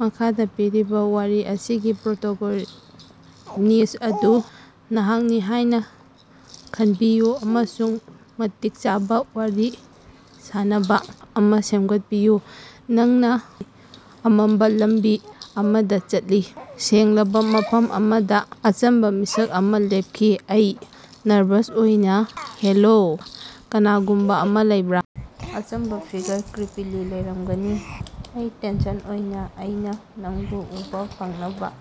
ꯃꯈꯥꯗ ꯄꯤꯔꯤꯕ ꯋꯥꯔꯤ ꯑꯁꯤꯒꯤ ꯄ꯭ꯔꯣꯇꯣꯒꯣꯅꯤꯁ꯭ꯠ ꯑꯗꯨ ꯅꯍꯥꯛꯅꯤ ꯍꯥꯏꯅ ꯈꯟꯕꯤꯌꯨ ꯑꯃꯁꯨꯡ ꯃꯇꯤꯛ ꯆꯥꯕ ꯋꯥꯔꯤ ꯁꯥꯅꯕ ꯑꯃ ꯁꯦꯝꯒꯠꯄꯤꯌꯨ꯫ ꯅꯪꯅ ꯑꯃꯝꯕ ꯂꯝꯕꯤ ꯑꯃꯗ ꯆꯠꯂꯤ꯫ ꯁꯦꯡꯂꯕ ꯃꯐꯝ ꯑꯃꯗ ꯑꯆꯝꯕ ꯃꯤꯁꯛ ꯑꯃ ꯂꯦꯞꯂꯤ꯫ ꯑꯩ (ꯅꯔꯚꯁ ꯑꯣꯏꯅ) -ꯍꯦꯂꯣ? ꯀꯅꯥꯒꯨꯝꯕ ꯑꯃ ꯂꯩꯕ꯭ꯔꯥ? ꯑꯆꯝꯕ ꯐꯤꯒꯔ: (ꯀ꯭ꯔꯤꯄꯤꯂꯤ) ꯂꯩꯔꯝꯒꯅꯤ꯫ ꯑꯩ (ꯇꯦꯟꯁꯟ ꯑꯣꯏꯅ) ꯑꯩꯅꯥ ꯅꯪꯕꯨ ꯎꯕ ꯐꯪꯅꯕ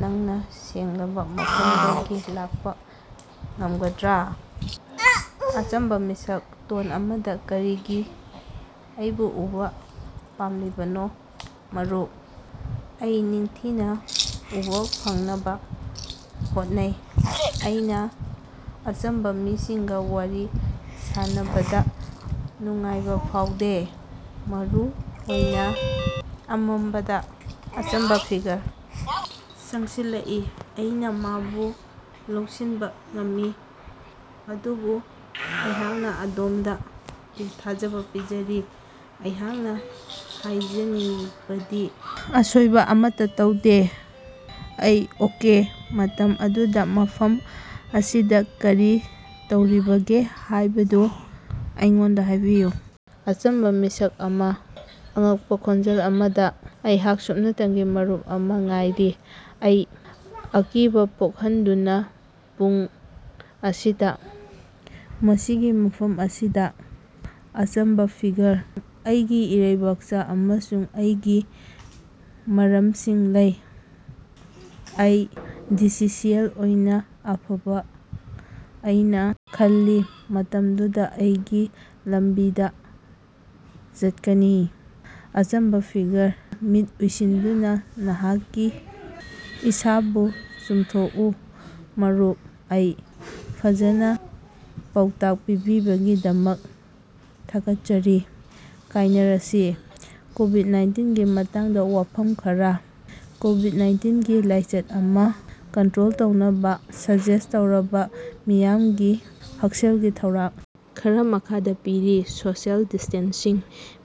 ꯅꯪꯅ ꯁꯦꯡꯂꯕ ꯃꯐꯝꯗꯒꯤ ꯂꯥꯛꯄ ꯉꯝꯒꯗ꯭ꯔꯥ? ꯑꯆꯝꯕ ꯃꯤꯁꯛ: ( ꯇꯣꯟ ꯑꯃꯗ) ꯀꯔꯤꯒꯤ ꯑꯩꯕꯨ ꯎꯕ ꯄꯥꯝꯂꯤꯕꯅꯣ, ꯃꯔꯨꯞ? ꯑꯩ (ꯅꯤꯡꯊꯤꯅ ꯎꯕꯥ ꯐꯪꯅꯕꯥ ꯍꯣꯠꯅꯩ) ꯑꯩꯅ ꯑꯆꯝꯕ ꯃꯤꯁꯤꯡꯒ ꯋꯥꯔꯤ ꯁꯥꯅꯕꯗ ꯅꯨꯡꯉꯥꯏꯕ ꯐꯥꯎꯗꯦ, ꯃꯔꯨ ꯑꯣꯏꯅ ꯑꯃꯝꯕꯗ꯫ ꯑꯆꯝꯕ ꯐꯤꯒꯔ: (ꯆꯪꯁꯤꯜꯂꯛꯏ) ꯑꯩꯅ ꯃꯗꯨ ꯂꯧꯁꯤꯟꯕ ꯉꯝꯃꯤ꯫ ꯑꯗꯨꯕꯨ ꯑꯩꯍꯥꯛꯅꯥ ꯑꯗꯣꯝꯗ ꯊꯥꯖꯕ ꯄꯤꯖꯔꯤ, ꯑꯩꯍꯥꯛꯅ ꯍꯥꯏꯖꯅꯤꯡꯕꯗꯤ ꯑꯁꯣꯏꯕ ꯑꯃꯠꯇꯥ ꯂꯩꯇꯦ꯫ ꯑꯩ: ꯑꯣꯀꯦ꯫ ꯃꯇꯝ ꯑꯗꯨꯗꯥ ꯃꯐꯝ ꯑꯁꯤꯗ ꯀꯔꯤ ꯇꯧꯔꯤꯕꯒꯦ ꯍꯥꯏꯕꯗꯨ ꯑꯩꯉꯣꯟꯗ ꯍꯥꯏꯕꯤꯌꯨ? ꯑꯆꯝꯕ ꯃꯤꯁꯛ ꯑꯃ (ꯑꯉꯛꯄ ꯈꯣꯟꯖꯦꯜ ꯑꯃꯗ) ꯑꯩꯍꯥꯛ ꯁꯨꯞꯅꯇꯒꯤ ꯃꯔꯨꯞ ꯑꯃ ꯉꯥꯏꯔꯤ꯫ ꯑꯩ (ꯑꯀꯤꯕꯥ ꯄꯣꯀꯍꯟꯗꯨꯅꯥ) ꯄꯨꯡ ꯑꯁꯤꯗ? ꯃꯁꯤꯒꯤ ꯃꯐꯝ ꯑꯁꯤꯗ? ꯑꯆꯝꯕ ꯐꯤꯒꯔ: ꯑꯩꯒꯤ ꯏꯔꯩꯕꯥꯛꯆ ꯑꯃꯁꯨꯡ ꯑꯩꯒꯤ ꯃꯔꯝꯁꯤꯡ ꯂꯩ꯫ ꯑꯩ (ꯗꯤꯁꯤꯁꯤꯑꯦꯜ ꯑꯣꯏꯅꯥ) ꯑꯐꯕ, ꯑꯩꯅ ꯈꯜꯂꯤ ꯃꯇꯝꯗꯨꯗ ꯑꯩꯒꯤ ꯂꯝꯕꯤꯗ ꯆꯠꯀꯅꯤ꯫ ꯑꯆꯝꯕꯥ ꯐꯤꯒꯔ: (ꯃꯤꯠ ꯎꯏꯁꯤꯟꯗꯨꯅꯥ) ꯅꯍꯥꯛꯀꯤ ꯏꯁꯥꯕꯨ ꯆꯨꯝꯊꯣꯛꯎ, ꯃꯔꯨꯞ꯫ ꯑꯩ: (ꯐꯖꯅꯥ) ꯄꯥꯎꯇꯥꯛ ꯄꯤꯕꯤꯕꯒꯤꯗꯃꯛ ꯊꯥꯒꯠꯆꯔꯤ꯫ ꯀꯥꯏꯅꯔꯁꯤ꯫ ꯀꯣꯕꯤꯗ-ꯅꯥꯏꯟꯇꯤꯟꯒꯤ ꯃꯇꯥꯡꯗ ꯋꯥꯐꯝ ꯈꯔ꯫ ꯀꯣꯕꯤꯗ-ꯅꯥꯏꯟꯇꯤꯟꯒꯤ ꯂꯥꯏꯆꯠ ꯑꯃ ꯀꯟꯇ꯭ꯔꯣꯜ ꯇꯧꯅꯕ ꯁꯖꯦꯁ꯭ꯠ ꯇꯧꯔꯕ ꯃꯤꯌꯥꯝꯒꯤ ꯍꯛꯁꯦꯜꯒꯤ ꯊꯧꯔꯥꯡ ꯈꯔ ꯃꯈꯥꯗꯥ ꯄꯤꯔꯤ: ꯁꯣꯁꯤꯑꯦꯜ ꯗꯤꯁ꯭ꯇꯦꯟꯁꯤꯡ: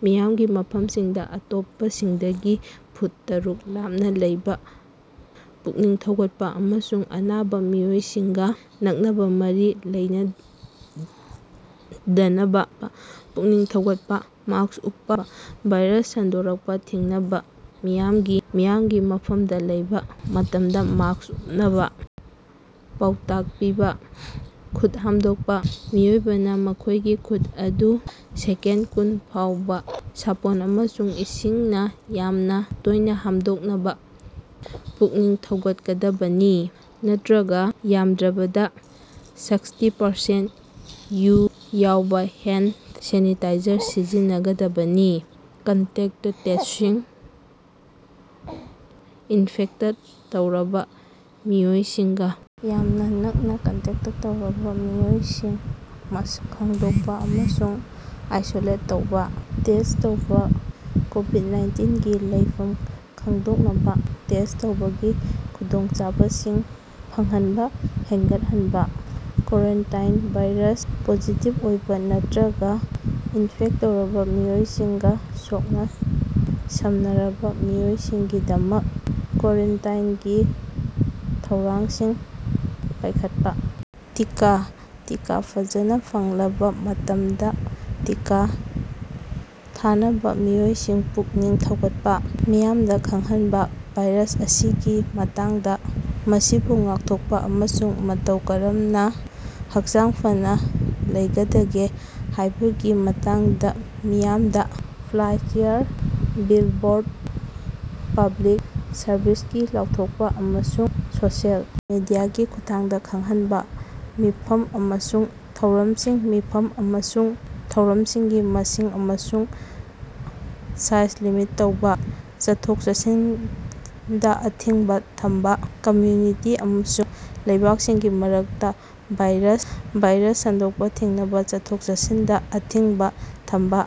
ꯃꯤꯌꯥꯝꯒꯤ ꯃꯐꯝꯁꯤꯡꯗ ꯑꯇꯣꯞꯄꯁꯤꯡꯗꯒꯤ ꯐꯨꯠ ꯇꯔꯨꯛ ꯂꯥꯞꯅ ꯂꯩꯅꯕ ꯄꯨꯛꯅꯤꯡ ꯊꯧꯒꯠꯄ ꯑꯃꯁꯨꯡ ꯑꯅꯥꯕ ꯃꯤꯑꯣꯏꯁꯤꯡꯒ ꯅꯛꯅꯕ ꯃꯔꯤ ꯂꯩꯅꯗꯅꯕ ꯄꯨꯛꯅꯤꯡ ꯊꯧꯒꯠꯄ꯫ ꯃꯥꯁ꯭ꯛ ꯎꯞꯄꯥ: ꯚꯥꯏꯔꯁ ꯁꯟꯗꯣꯔꯛꯄꯥ ꯊꯤꯡꯅꯕ ꯃꯤꯌꯥꯝꯒꯤ ꯃꯤꯌꯥꯝꯒꯤ ꯃꯐꯝꯗꯥ ꯂꯩꯕ ꯃꯇꯝꯗ ꯃꯥꯁ꯭ꯛ ꯎꯞꯅꯕ ꯄꯥꯎꯇꯥꯛ ꯄꯤꯕ꯫ ꯈꯨꯠ ꯍꯥꯝꯗꯣꯛꯄ: ꯃꯤꯑꯣꯏꯕꯅ ꯃꯈꯣꯏꯒꯤ ꯈꯨꯠ ꯑꯗꯨ ꯁꯦꯀꯦꯟꯗ ꯀꯨꯟ ꯐꯥꯎꯕꯥ ꯁꯥꯄꯣꯟ ꯑꯃꯁꯨꯡ ꯏꯁꯤꯡꯅ ꯌꯥꯝꯅ ꯇꯣꯏꯅ ꯍꯥꯝꯗꯣꯛꯅꯕ ꯄꯨꯛꯅꯤꯡ ꯊꯧꯒꯠꯀꯗꯕꯅꯤ, ꯅꯠꯇ꯭ꯔꯒ ꯌꯥꯝꯗ꯭ꯔꯕꯗ ꯁꯥꯛꯁꯇꯤ ꯄꯥꯔꯁꯦꯟꯇ ꯌꯨ ꯌꯥꯎꯕ ꯍꯦꯟꯗ ꯁꯦꯅꯤꯇꯥꯏꯖꯔ ꯁꯤꯖꯤꯟꯅꯒꯗꯕꯅꯤ꯫ ꯀꯟꯇꯦꯛꯇ ꯇ꯭ꯔꯦꯁꯤꯡ: ꯏꯅꯐꯦꯛꯇ ꯇꯧꯔꯕ ꯃꯤꯑꯣꯏꯁꯤꯡꯒ ꯌꯥꯝꯅ ꯅꯛꯅ ꯀꯟꯇꯦꯛꯇ ꯇꯧꯔꯕ ꯃꯤꯑꯣꯏꯁꯤꯡ ꯃꯁꯛ ꯈꯪꯗꯣꯛꯄ ꯑꯃꯁꯨꯡ ꯑꯥꯏꯁꯣꯂꯦꯠ ꯇꯧꯕ꯫ ꯇꯦꯁ꯭ꯠ ꯇꯧꯕ ꯀꯣꯕꯤꯗ-ꯅꯥꯏꯟꯇꯤꯟꯒꯤ ꯂꯩꯐꯝ ꯈꯪꯗꯣꯛꯅꯕ ꯇꯦꯁ꯭ꯠ ꯇꯧꯕꯒꯤ ꯈꯨꯗꯣꯡꯆꯥꯕꯁꯤꯡ ꯐꯪꯍꯟꯕ ꯍꯦꯟꯒꯠꯍꯟꯕ꯫ ꯀ꯭ꯋꯥꯔꯦꯟꯇꯥꯏꯟ ꯚꯥꯏꯔꯁ ꯄꯣꯖꯤꯇꯤꯕ ꯑꯣꯏꯕ ꯅꯠꯇ꯭ꯔꯒ ꯏꯟꯐꯦꯛꯇ ꯇꯧꯔꯕ ꯃꯤꯑꯣꯏꯁꯤꯡꯒ ꯁꯣꯛꯅ-ꯁꯝꯅꯔꯕ ꯃꯤꯑꯣꯏꯁꯤꯡꯒꯤꯗꯃꯛ ꯀ꯭ꯋꯥꯔꯦꯟꯇꯥꯏꯟꯒꯤ ꯊꯧꯔꯥꯡꯁꯤꯡ ꯄꯥꯏꯈꯠꯄ꯫ ꯇꯤꯀꯥ: ꯇꯤꯀꯥ ꯐꯖꯅ ꯐꯪꯂꯕ ꯃꯇꯝꯗꯥ ꯇꯤꯀꯥ ꯊꯥꯅꯕ ꯃꯤꯑꯣꯏꯁꯤꯡ ꯄꯨꯛꯅꯤꯡ ꯊꯧꯒꯠꯄ꯫ ꯃꯤꯌꯥꯃꯗ ꯈꯪꯍꯟꯕ ꯚꯥꯏꯔꯁ ꯑꯁꯤꯒꯤ ꯃꯇꯥꯡꯗ, ꯃꯁꯤꯕꯨ ꯉꯥꯛꯊꯣꯛꯄ, ꯑꯃꯁꯨꯡ ꯃꯇꯧ ꯀꯔꯝꯅꯥ ꯍꯛꯆꯥꯡ ꯐꯅ ꯂꯩꯒꯗꯒꯦ ꯍꯥꯏꯕꯒꯤ ꯃꯇꯥꯡꯗ ꯃꯤꯌꯥꯝꯗ ꯐ꯭ꯂꯥꯏꯌꯥꯔ, ꯕꯤꯜꯕꯣꯔꯗ, ꯄꯕ꯭ꯂꯤꯛ ꯁꯔꯕꯤꯁꯀꯤ ꯂꯥꯎꯊꯣꯛꯄ, ꯑꯃꯁꯨꯡ ꯁꯣꯁꯤꯑꯦꯜ ꯃꯤꯗꯤꯌꯥꯒꯤ ꯈꯨꯠꯊꯥꯡꯗꯥ ꯈꯪꯍꯟꯕ꯫ ꯃꯤꯐꯝ ꯑꯃꯁꯨꯡ ꯊꯧꯔꯝꯁꯤꯡ ꯃꯤꯐꯝ ꯑꯃꯁꯨꯡ ꯊꯧꯔꯝꯁꯤꯡꯒꯤ ꯃꯁꯤꯡ ꯑꯃꯁꯨꯡ ꯁꯥꯏꯖ ꯂꯤꯃꯤꯠ ꯇꯧꯕ꯫ ꯆꯠꯊꯣꯛ-ꯆꯠꯁꯤꯟꯗ ꯑꯊꯤꯡꯕ ꯊꯝꯕ ꯀꯝꯃ꯭ꯌꯨꯅꯤꯇꯤ ꯑꯃꯁꯨꯡ ꯂꯩꯕꯥꯛꯁꯤꯡꯒꯤ ꯃꯔꯛꯇ ꯚꯥꯏꯔꯁ ꯚꯥꯏꯔꯁ ꯁꯟꯗꯣꯛꯄ ꯊꯤꯡꯅꯕ ꯆꯠꯊꯣꯛ-ꯆꯠꯁꯤꯟꯗ ꯑꯊꯤꯡꯕ ꯊꯝꯕ꯫